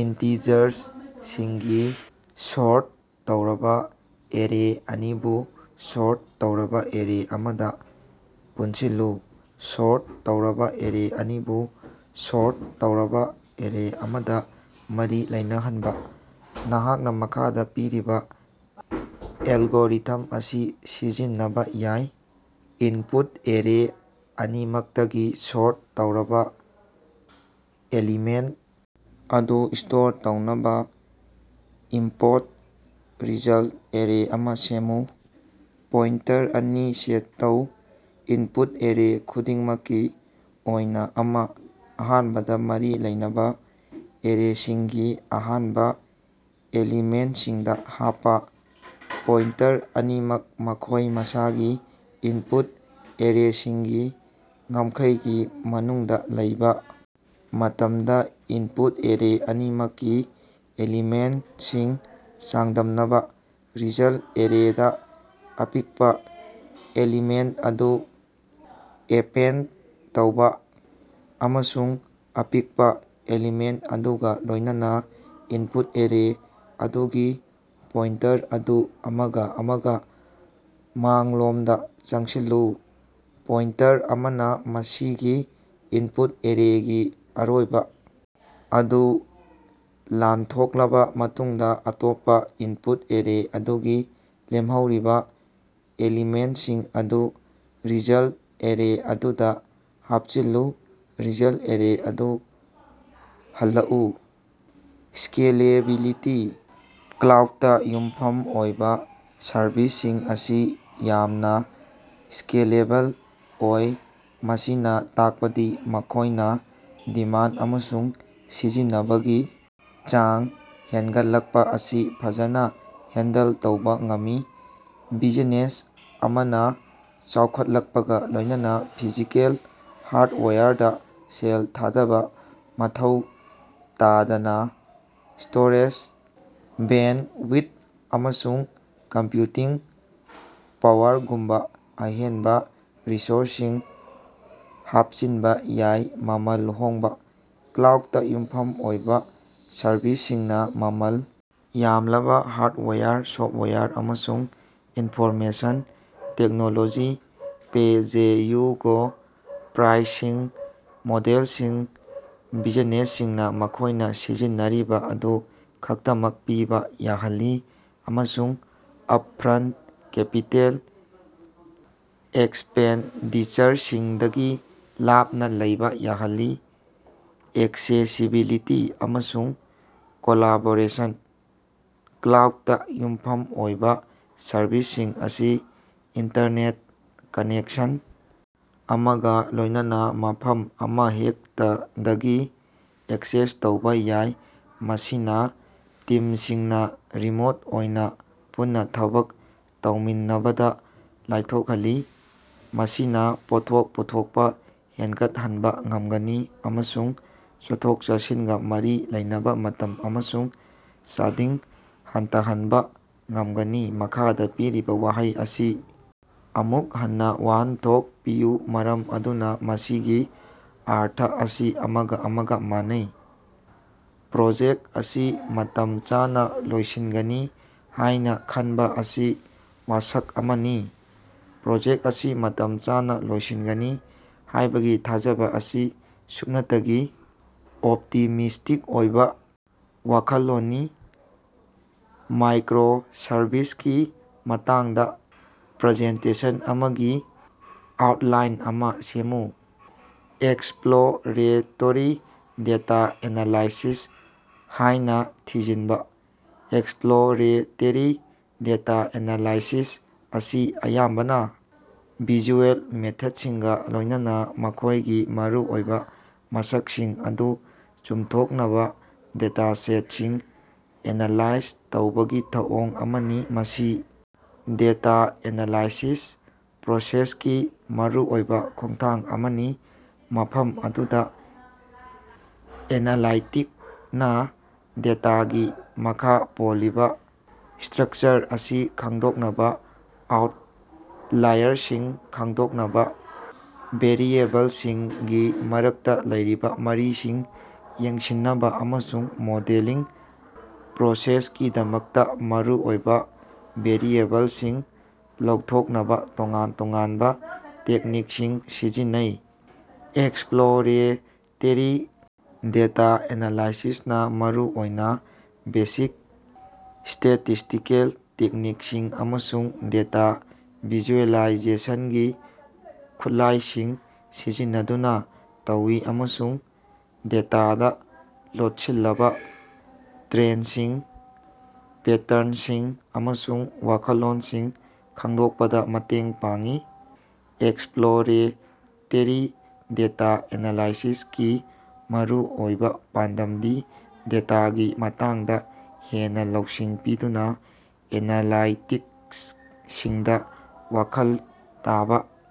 ꯏꯟꯇꯤꯖꯔꯁꯤꯡꯒꯤ sort ꯇꯧꯔꯕ array ꯑꯅꯤꯕꯨ sort ꯇꯧꯔꯕ ꯑꯦꯔꯦ ꯑꯃꯗ ꯄꯨꯟꯁꯤꯜꯂꯨ꯫ ꯁꯣꯔꯠ ꯇꯧꯔꯕ ꯑꯦꯔꯦ ꯑꯅꯤꯕꯨ ꯁꯣꯔꯠ ꯇꯧꯔꯕ ꯑꯦꯔꯦ ꯑꯃꯗ ꯃꯔꯤ ꯂꯩꯅꯍꯟꯅꯕ, ꯅꯍꯥꯛꯅ ꯃꯈꯥꯗ ꯄꯤꯔꯤꯕ ꯑꯦꯜꯒꯣꯔꯤꯊꯝ ꯑꯁꯤ ꯁꯤꯖꯤꯟꯅꯕ ꯌꯥꯏ: ꯏꯟꯄꯨꯠ ꯑꯦꯔꯦ ꯑꯅꯤꯃꯛꯇꯒꯤ ꯁꯣꯔꯠ ꯇꯧꯔꯕ ꯑꯦꯂꯤꯃꯦꯟꯠ ꯑꯗꯨ ꯁ꯭ꯇꯣꯔ ꯇꯧꯅꯕ ꯏꯝꯄꯣꯔꯠ ꯔꯤꯖꯜꯇ ꯑꯦꯔꯦ ꯑꯃ ꯁꯦꯝꯃꯨ꯫ ꯄꯣꯏꯟꯇꯔ ꯑꯅꯤ ꯁꯦꯠ ꯇꯧ, ꯏꯟꯄꯨꯠ ꯑꯦꯔꯦ ꯈꯨꯗꯤꯡꯃꯛꯀꯤ ꯑꯣꯏꯅ ꯑꯃ, ꯑꯍꯥꯟꯕꯗ ꯃꯔꯤ ꯂꯩꯅꯕ ꯑꯦꯔꯦꯁꯤꯡꯒꯤ ꯑꯍꯥꯟꯕ ꯑꯦꯂꯤꯃꯦꯟꯠꯁꯤꯡꯗ ꯍꯥꯞꯄ꯫ ꯄꯣꯏꯟꯇꯔ ꯑꯅꯤꯃꯛ ꯃꯈꯣꯏ ꯃꯁꯥꯒꯤ ꯏꯟꯄꯨꯠ ꯑꯦꯔꯦꯁꯤꯡꯒꯤ ꯉꯝꯈꯩꯒꯤ ꯃꯅꯨꯡꯗ ꯂꯩꯕ ꯃꯇꯝꯗ, ꯏꯟꯄꯨꯠ ꯑꯦꯔꯦ ꯑꯅꯤꯃꯛꯀꯤ ꯑꯦꯂꯤꯃꯦꯟꯠꯁꯤꯡ ꯆꯥꯡꯗꯝꯅꯕ꯫ ꯔꯤꯖꯜꯠ ꯑꯦꯔꯦꯗ ꯑꯄꯤꯛꯄ ꯑꯦꯂꯤꯃꯦꯟꯠ ꯑꯗꯨ ꯑꯦꯄꯦꯟꯠ ꯇꯧ, ꯑꯃꯁꯨꯡ ꯑꯄꯤꯛꯄ ꯑꯦꯂꯤꯃꯦꯟꯠ ꯑꯗꯨꯒ ꯂꯣꯏꯅꯅ ꯏꯟꯄꯨꯠ ꯑꯦꯔꯦ ꯑꯗꯨꯒꯤ ꯄꯣꯏꯟꯇꯔ ꯑꯗꯨ ꯑꯃꯒ ꯑꯃꯒ ꯃꯥꯡꯂꯣꯝꯗ ꯆꯪꯁꯤꯜꯂꯨ꯫ ꯄꯣꯏꯟꯇꯔ ꯑꯃꯅ ꯃꯁꯤꯒꯤ ꯏꯟꯄꯨꯠ ꯑꯦꯔꯦꯒꯤ ꯑꯔꯣꯏꯕ ꯑꯗꯨ ꯂꯥꯟꯊꯣꯛꯂꯕ ꯃꯇꯨꯡꯗ, ꯑꯇꯣꯞꯄ ꯏꯟꯄꯨꯠ ꯑꯦꯔꯦ ꯑꯗꯨꯒꯤ ꯂꯦꯝꯍꯧꯔꯤꯕ ꯑꯦꯂꯤꯃꯦꯟꯠꯁꯤꯡ ꯑꯗꯨ ꯔꯤꯖꯜꯠ ꯑꯦꯔꯦ ꯑꯗꯨꯗ ꯍꯥꯞꯆꯤꯜꯂꯨ꯫ ꯔꯤꯖꯜꯠ ꯑꯦꯔꯦ ꯑꯗꯨ ꯍꯜꯂꯛꯎ꯫ ꯁ꯭ꯀꯦꯂꯦꯕꯤꯂꯤꯇꯤ: ꯀ꯭ꯂꯥꯎꯗꯇ ꯌꯨꯝꯐꯝ ꯑꯣꯏꯕ ꯁꯔꯚꯤꯁꯁꯤꯡ ꯑꯁꯤ ꯌꯥꯝꯅ ꯁ꯭ꯀꯦꯂꯦꯕꯜ ꯑꯣꯏ, ꯃꯁꯤꯅ ꯇꯥꯛꯄꯗꯤ ꯃꯈꯣꯏꯅ ꯗꯤꯃꯥꯟ ꯑꯃꯁꯨꯡ ꯁꯤꯖꯤꯟꯅꯕꯒꯤ ꯆꯥꯡ ꯍꯦꯟꯒꯠꯂꯛꯄ ꯑꯁꯤ ꯐꯖꯅ ꯍꯦꯟꯗꯜ ꯇꯧꯕ ꯉꯝꯃꯤ꯫ ꯕꯤꯖꯤꯅꯦꯁ ꯑꯃꯅ ꯆꯥꯎꯈꯠꯂꯛꯄꯒ ꯂꯣꯏꯅꯅ ꯐꯤꯖꯤꯀꯦꯜ ꯍꯥꯔꯗꯋꯦꯌꯔꯗ ꯁꯦꯜ ꯊꯥꯗꯕ ꯃꯊꯧ ꯇꯥꯗꯅ ꯁ꯭ꯇꯣꯔꯦꯖ, ꯕꯦꯟꯗꯋꯤꯊ, ꯑꯃꯁꯨꯡ ꯀꯝꯄ꯭ꯌꯨꯇꯤꯡ ꯄꯥꯋꯔꯒꯨꯝꯕ ꯑꯍꯦꯟꯕ ꯔꯤꯁꯣꯔꯁꯁꯤꯡ ꯍꯥꯞꯆꯤꯟꯕ ꯌꯥꯏ꯫ ꯃꯃꯜ ꯍꯣꯡꯕꯥ: ꯀ꯭ꯂꯥꯎꯗꯇ ꯌꯨꯝꯐꯝ ꯑꯣꯏꯕ ꯁꯔꯚꯤꯁꯁꯤꯡꯅ ꯃꯃꯜ ꯌꯥꯝꯂꯕ ꯍꯥꯔꯗꯋꯦꯌꯔ, ꯁꯣꯐꯋꯦꯌꯔ, ꯑꯃꯁꯨꯡ ꯏꯟꯐꯣꯔꯃꯦꯁꯟ ꯇꯦꯛꯅꯣꯂꯣꯖꯤ ꯄꯦ-ꯑꯦꯖ-ꯌꯨ-ꯒꯣ ꯄ꯭ꯔꯥꯏꯁꯤꯡ ꯃꯣꯗꯦꯜꯁꯤꯡ ꯕꯤꯖꯤꯅꯦꯁꯁꯤꯡꯅ ꯃꯈꯣꯏꯅ ꯁꯤꯖꯤꯟꯅꯔꯤꯕ ꯑꯗꯨ ꯈꯛꯇꯃꯛ ꯄꯤꯕ ꯌꯥꯍꯜꯂꯤ ꯑꯃꯁꯨꯡ ꯑꯞ-ꯐ꯭ꯔꯟꯠ ꯀꯦꯄꯤꯇꯦꯜ ꯑꯦꯛꯁꯄꯦꯟꯗꯤꯆꯔꯁꯤꯡꯗꯒꯤ ꯂꯥꯞꯅ ꯂꯩꯕ ꯌꯥꯍꯜꯂꯤ꯫ ꯑꯦꯛꯁꯦꯁꯤꯕꯤꯂꯤꯇꯤ ꯑꯃꯁꯨꯡ ꯀꯣꯂꯥꯕꯣꯔꯦꯁꯟ: ꯀ꯭ꯂꯥꯎꯗꯇ ꯌꯨꯝꯐꯝ ꯑꯣꯏꯕ ꯁꯔꯚꯤꯁꯁꯤꯡ ꯑꯁꯤ ꯏꯟꯇꯔꯅꯦꯠ ꯀꯅꯦꯛꯁꯟ ꯑꯃꯒ ꯂꯣꯏꯅ ꯃꯐꯝ ꯑꯃꯍꯦꯛꯇꯗꯒꯤ ꯑꯦꯛꯁꯦꯁ ꯇꯧꯕ ꯌꯥꯏ, ꯃꯁꯤꯅ ꯇꯤꯝꯁꯤꯡꯅ ꯔꯤꯃꯣꯠ ꯑꯣꯏꯅ ꯄꯨꯟꯅ ꯊꯕꯛ ꯇꯧꯃꯤꯟꯅꯕꯗ ꯂꯥꯏꯊꯣꯛꯍꯜꯂꯤ꯫ ꯃꯁꯤꯅ ꯄꯣꯠꯊꯣꯛ ꯄꯨꯊꯣꯛꯄ ꯍꯦꯟꯒꯠꯍꯟꯕ ꯉꯝꯒꯅꯤ ꯑꯃꯁꯨꯡ ꯆꯠꯊꯣꯛ-ꯆꯠꯁꯤꯟꯒ ꯃꯔꯤ ꯂꯩꯅꯕ ꯃꯇꯝ ꯑꯃꯁꯨꯡ ꯆꯥꯗꯤꯡ ꯍꯟꯊꯍꯟꯕ ꯉꯝꯒꯅꯤ꯫ ꯃꯈꯥꯗ ꯄꯤꯔꯤꯕ ꯋꯥꯍꯩ ꯑꯁꯤ ꯑꯃꯨꯛ ꯍꯟꯅ ꯋꯥꯍꯟꯊꯣꯛ ꯄꯤꯌꯨ ꯃꯔꯝ ꯑꯗꯨꯅ ꯃꯁꯤꯒꯤ ꯑꯔꯊ ꯑꯁꯤ ꯑꯃꯒ ꯑꯃꯒ ꯃꯥꯟꯅꯩ꯫ "ꯄ꯭ꯔꯣꯖꯦꯛ ꯑꯁꯤ ꯃꯇꯝ ꯆꯥꯅ ꯂꯣꯏꯁꯤꯟꯒꯅꯤ ꯍꯥꯏꯅ ꯈꯟꯕ ꯑꯁꯤ ꯋꯥꯁꯛ ꯑꯃꯅꯤ꯫" ꯄ꯭ꯔꯣꯖꯦꯛ ꯑꯁꯤ ꯃꯇꯝ ꯆꯥꯅ ꯂꯣꯏꯁꯤꯟꯒꯅꯤ ꯍꯥꯏꯕꯒꯤ ꯊꯥꯖꯕ ꯑꯁꯤ ꯁꯨꯞꯅꯇꯒꯤ ꯑꯣꯞꯇꯤꯃꯤꯁ꯭ꯇꯤꯛ ꯑꯣꯏꯕ ꯋꯥꯈꯜꯂꯣꯟꯅꯤ꯫ ꯃꯥꯏꯀ꯭ꯔꯣꯁꯔꯚꯤꯁꯀꯤ ꯃꯇꯥꯡꯗ ꯄ꯭ꯔꯖꯦꯟꯇꯦꯁꯟ ꯑꯃꯒꯤ ꯑꯥꯎꯠꯂꯥꯏꯟ ꯑꯃ ꯁꯦꯝꯃꯨ꯫ 'ꯑꯦꯛꯁꯄ꯭ꯂꯣꯔꯦꯇꯦꯔꯤ ꯗꯦꯇꯥ ꯑꯦꯅꯥꯂꯥꯏꯁꯤꯁ' ꯍꯥꯏꯅ ꯊꯤꯖꯤꯟꯕ꯫ ꯑꯦꯛꯁꯄ꯭ꯂꯣꯔꯦꯇꯦꯔꯤ ꯗꯦꯇꯥ ꯑꯦꯅꯥꯂꯥꯏꯁꯤꯁ ꯑꯁꯤ ꯑꯌꯥꯝꯕꯅ ꯚꯤꯖꯨꯑꯦꯜ ꯃꯦꯊꯗꯁꯤꯡꯒ ꯂꯣꯏꯅꯅ ꯃꯈꯣꯏꯒꯤ ꯃꯔꯨꯑꯣꯏꯕ ꯃꯁꯛꯁꯤꯡ ꯑꯗꯨ ꯆꯨꯝꯊꯣꯛꯅꯕ ꯗꯦꯇꯥ ꯁꯦꯠꯁꯤꯡ ꯑꯦꯅꯥꯂꯥꯏꯖ ꯇꯧꯕꯒꯤ ꯊꯧꯑꯣꯡ ꯑꯃꯅꯤ꯫ ꯃꯁꯤ ꯗꯦꯇꯥ ꯑꯦꯅꯥꯂꯥꯏꯁꯤꯁ ꯄ꯭ꯔꯣꯁꯦꯁꯀꯤ ꯃꯔꯨꯑꯣꯏꯕ ꯈꯣꯡꯊꯥꯡ ꯑꯃꯅꯤ, ꯃꯐꯝ ꯑꯗꯨꯗ ꯑꯦꯅꯥꯂꯥꯏꯇꯤꯛꯅ ꯗꯦꯇꯥꯒꯤ ꯃꯈꯥ ꯄꯣꯜꯂꯤꯕ ꯁ꯭ꯇꯔꯛꯆꯔ ꯑꯁꯤ ꯈꯪꯗꯣꯛꯅꯕ, ꯑꯥꯎꯠꯂꯥꯏꯔꯁꯤꯡ ꯈꯪꯗꯣꯛꯅꯕ, ꯚꯦꯔꯤꯑꯦꯕꯜꯁꯤꯡꯒꯤ ꯃꯔꯛꯇ ꯂꯩꯔꯤꯕ ꯃꯔꯤꯁꯤꯡ ꯌꯦꯡꯁꯤꯟꯅꯕ ꯑꯃꯁꯨꯡ ꯃꯣꯗꯦꯂꯤꯡ ꯄ꯭ꯔꯣꯁꯦꯁꯀꯤꯗꯃꯛꯇ ꯃꯔꯨꯑꯣꯏꯕ ꯚꯦꯔꯤꯑꯦꯕꯜꯁꯤꯡ ꯂꯧꯊꯣꯛꯅꯕ ꯇꯣꯉꯥꯟ ꯇꯣꯉꯥꯟꯕ ꯇꯦꯛꯅꯤꯛꯁꯤꯡ ꯁꯤꯖꯤꯟꯅꯩ꯫ ꯑꯦꯛꯁꯄ꯭ꯂꯣꯔꯦꯇꯦꯔꯤ ꯗꯦꯇꯥ ꯑꯦꯅꯥꯂꯥꯏꯁꯤꯁ ꯅ ꯃꯔꯨ ꯑꯣꯏꯅ ꯕꯦꯁꯤꯛ ꯁ꯭ꯇꯦꯇꯤꯁꯇꯤꯀꯦꯜ ꯇꯦꯛꯅꯤꯛꯁꯤꯡ ꯑꯃꯁꯨꯡ ꯗꯦꯇꯥ ꯚꯤꯖꯨꯑꯦꯂꯥꯏꯖꯦꯁꯟꯒꯤ ꯈꯨꯠꯂꯥꯏꯁꯤꯡ ꯁꯤꯖꯤꯟꯅꯗꯨꯅ ꯇꯧꯏ ꯑꯃꯁꯨꯡ ꯗꯦꯇꯥꯗ ꯂꯣꯠꯁꯤꯜꯂꯕ ꯇ꯭ꯔꯦꯟꯁꯤꯡ, ꯄꯦꯇꯔꯟꯁꯤꯡ ꯑꯃꯁꯨꯡ ꯋꯥꯈꯜꯂꯣꯟꯁꯤꯡ ꯈꯪꯗꯣꯛꯄꯗ ꯃꯇꯦꯡ ꯄꯥꯡꯏ꯫ ꯑꯦꯛꯁꯄ꯭ꯂꯣꯔꯦꯇꯦꯔꯤ ꯗꯦꯇꯥ ꯑꯦꯅꯥꯂꯥꯏꯁꯤꯁ ꯀꯤ ꯃꯔꯨꯑꯣꯏꯕ ꯄꯥꯟꯗꯝꯗꯤ ꯗꯦꯇꯥꯒꯤ ꯃꯇꯥꯡꯗ ꯍꯦꯟꯅ ꯂꯧꯁꯤꯡ ꯄꯤꯗꯨꯅ ꯑꯦꯅꯥꯂꯥꯏꯇꯤꯛꯁꯁꯤꯡꯗ ꯋꯥꯈꯜ ꯇꯥꯕ꯫